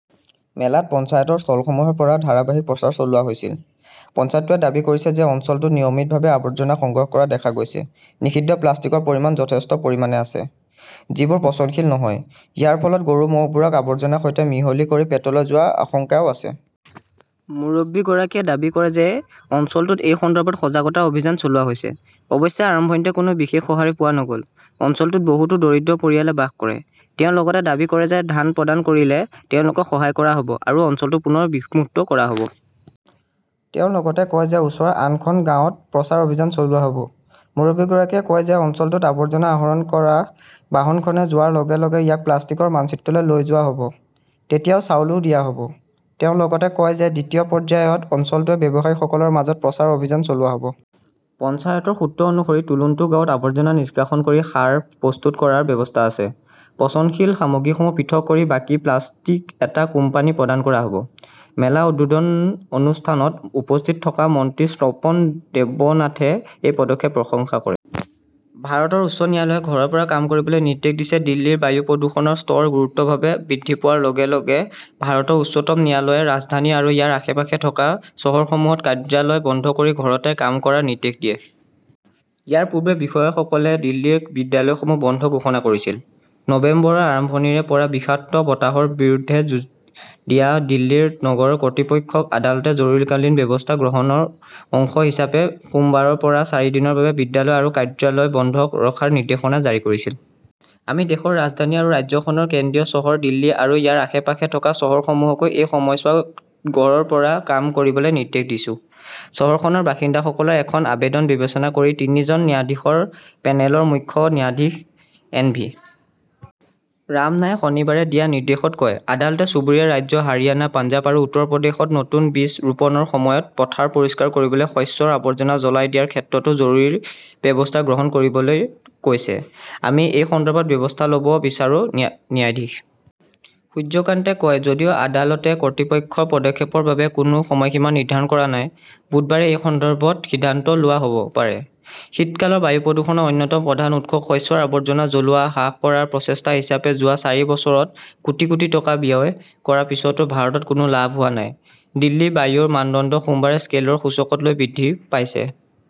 মেলাত পঞ্চায়তৰ ষ্টলসমূহৰ পৰাও ধাৰাবাহিক প্ৰচাৰ চলোৱা হৈছিল। পঞ্চায়তটোৱে দাবী কৰিছে যে অঞ্চলটোত নিয়মিতভাৱে আৱৰ্জনা সংগ্ৰহ কৰা দেখা গৈছ, নিষিদ্ধ প্লাষ্টিকৰ পৰিমাণ যথেষ্ট পৰিমাণে আছে। যিবোৰ পচনশীল নহয়। ইয়াৰ ফলত গৰু-ম'হবোৰক আৱৰ্জনাৰ সৈতে মিহলি কৰি পেটলৈ যোৱাৰ আশংকাও আছে। মুৰব্বীগৰাকীয়ে দাবী কৰে যে অঞ্চলটোত এই সন্দৰ্ভত সজাগতা অভিযান চলোৱা হৈছে। অৱশ্যে আৰম্ভণিতে কোনো বিশেষ সঁহাৰি পোৱা নগ'ল। অঞ্চলটোত বহুতো দৰিদ্ৰ পৰিয়ালে বাস কৰে। তেওঁ লগতে দাবী কৰে যে ধান প্ৰদান কৰিলে তেওঁলোকক সহায় কৰা হ'ব আৰু অঞ্চলটো পুনৰ বিষমুক্ত কৰা হ'ব। তেওঁ লগতে কয় যে ওচৰৰ আন খন গাঁৱত প্ৰচাৰ অভিযান চলোৱা হ'ব। মুৰব্বীগৰাকীয়ে কয় যে অঞ্চলটোত আৱৰ্জনা আহৰণ কৰা বাহনখনে যোৱাৰ লগে-লগে ইয়াক প্লাষ্টিকৰ মানচিত্ৰলৈ লৈ যোৱা হ'ব। তেতিয়া চাউলও দিয়া হ'ব। তেওঁ লগতে কয় যে দ্বিতীয় পৰ্যায়ত অঞ্চলটোৰ ব্যৱসায়ীসকলৰ মাজত প্ৰচাৰ অভিযান চলোৱা হ'ব। পঞ্চায়তৰ সূত্ৰ অনুসৰি চুলুণ্টু গাঁৱত আৱৰ্জনা নিষ্কাশন কৰি সাৰ প্ৰস্তুত কৰাৰ ব্যৱস্থা আছে। পচনশীল সামগ্ৰীসমূহ পৃথক কৰি বাকী প্লাষ্টিক এটা কোম্পানীক প্ৰদান কৰা হ'ব। মেলা উদ্বোধন অনুষ্ঠানত উপস্থিত থকা মন্ত্ৰী স্বপন দেৱনাথে এই পদক্ষেপক প্ৰশংসা কৰে। ভাৰতৰ উচ্চ ন্যায়ালয়ে ঘৰৰ পৰা কাম কৰিবলৈ নিৰ্দেশ দিছে দিল্লীৰ বায়ু প্ৰদূষণৰ স্তৰ গুৰুতৰভাৱে বৃদ্ধি পোৱাৰ লগে -লগে ভাৰতৰ উচ্চতম ন্যায়ালয়ে ৰাজধানী আৰু ইয়াৰ আশে-পাশে থকা চহৰসমূহত কাৰ্যালয় বন্ধ কৰি ঘৰতে কাম কৰাৰ নিৰ্দেশ দিয়ে। ইয়াৰ পূৰ্বে বিষয়াসকলে দিল্লীৰ বিদ্যালয়সমূহ বন্ধ ঘোষণা কৰিছিল। নৱেম্বৰৰ আৰম্ভণিৰে পৰা বিষাক্ত বতাহৰ বিৰুদ্ধে যুঁজ দিয়া দিল্লীৰ নগৰ কৰ্তৃপক্ষক আদালতে জৰুৰীকালীন ব্যৱস্থা গ্ৰহণৰ অংশ হিচাপে সোমবাৰৰ পৰা চাৰিদিনৰ বাবে বিদ্যালয় আৰু কাৰ্যালয় বন্ধ ৰখাৰ নিৰ্দেশনা জাৰি কৰিছিল। আমি দেশৰ ৰাজধানী আৰু ৰাজ্যখনৰ কেন্দ্ৰীয় চহৰ দিল্লী আৰু ইয়াৰ আশে-পাশে থকা চহৰসমূহকো এই সময়ছোৱাত ঘৰৰ পৰা কাম কৰিবলৈ নিৰ্দেশ দিছো। চহৰখনৰ বাসিন্দাসকলৰ এখন আবেদন বিবেচনা কৰি তিনিজন ন্যায়াধীশৰ পেনেলৰ মুখ্য ন্যায়াধীশ এন .ভি .ৰামনাই শনিবাৰে দিয়া নিৰ্দেশত কয়, আদালতে চুবুৰীয়া ৰাজ্য হাৰিয়ানা, পঞ্জাৱ আৰু উত্তৰ প্ৰদেশত নতুন বীজ ৰুপনৰ সময়ত পথাৰ পৰিষ্কাৰ কৰিবলৈ শস্যৰ আৱৰ্জনা জ্বলাই দিয়াৰ ক্ষেত্ৰতো জৰুৰী ব্যৱস্থা গ্ৰহণ কৰিবলৈ কৈছে। আমি এই সন্দৰ্ভত ব্যৱস্থা ল'ব বিচাৰো ।ন্যায়াধীশ সূৰ্য কান্তে কয় যদিও আদালতে কৰ্তৃপক্ষৰ পদক্ষেপৰ বাবে কোনো সময়সীমা নিৰ্ধাৰণ কৰা নাই, বুধবাৰে এই সন্দৰ্ভত সিদ্ধান্ত লোৱা হ'ব পাৰে। শীতকালত বায়ু প্ৰদূষণৰ অন্যতম প্ৰধান উৎস শস্যৰ আৱৰ্জনা জ্বলোৱা হ্ৰাস কৰাৰ প্ৰচেষ্টা হিচাপে যোৱা চাৰি বছৰত কোটি- কোটি টকা ব্যয় কৰাৰ পিছতো ভাৰতত কোনো লাভ হোৱা নাই। দিল্লীৰ বায়ুৰ মানদণ্ড সোমবাৰে স্কেলৰ সূচকত লৈ বৃদ্ধি পাইছে।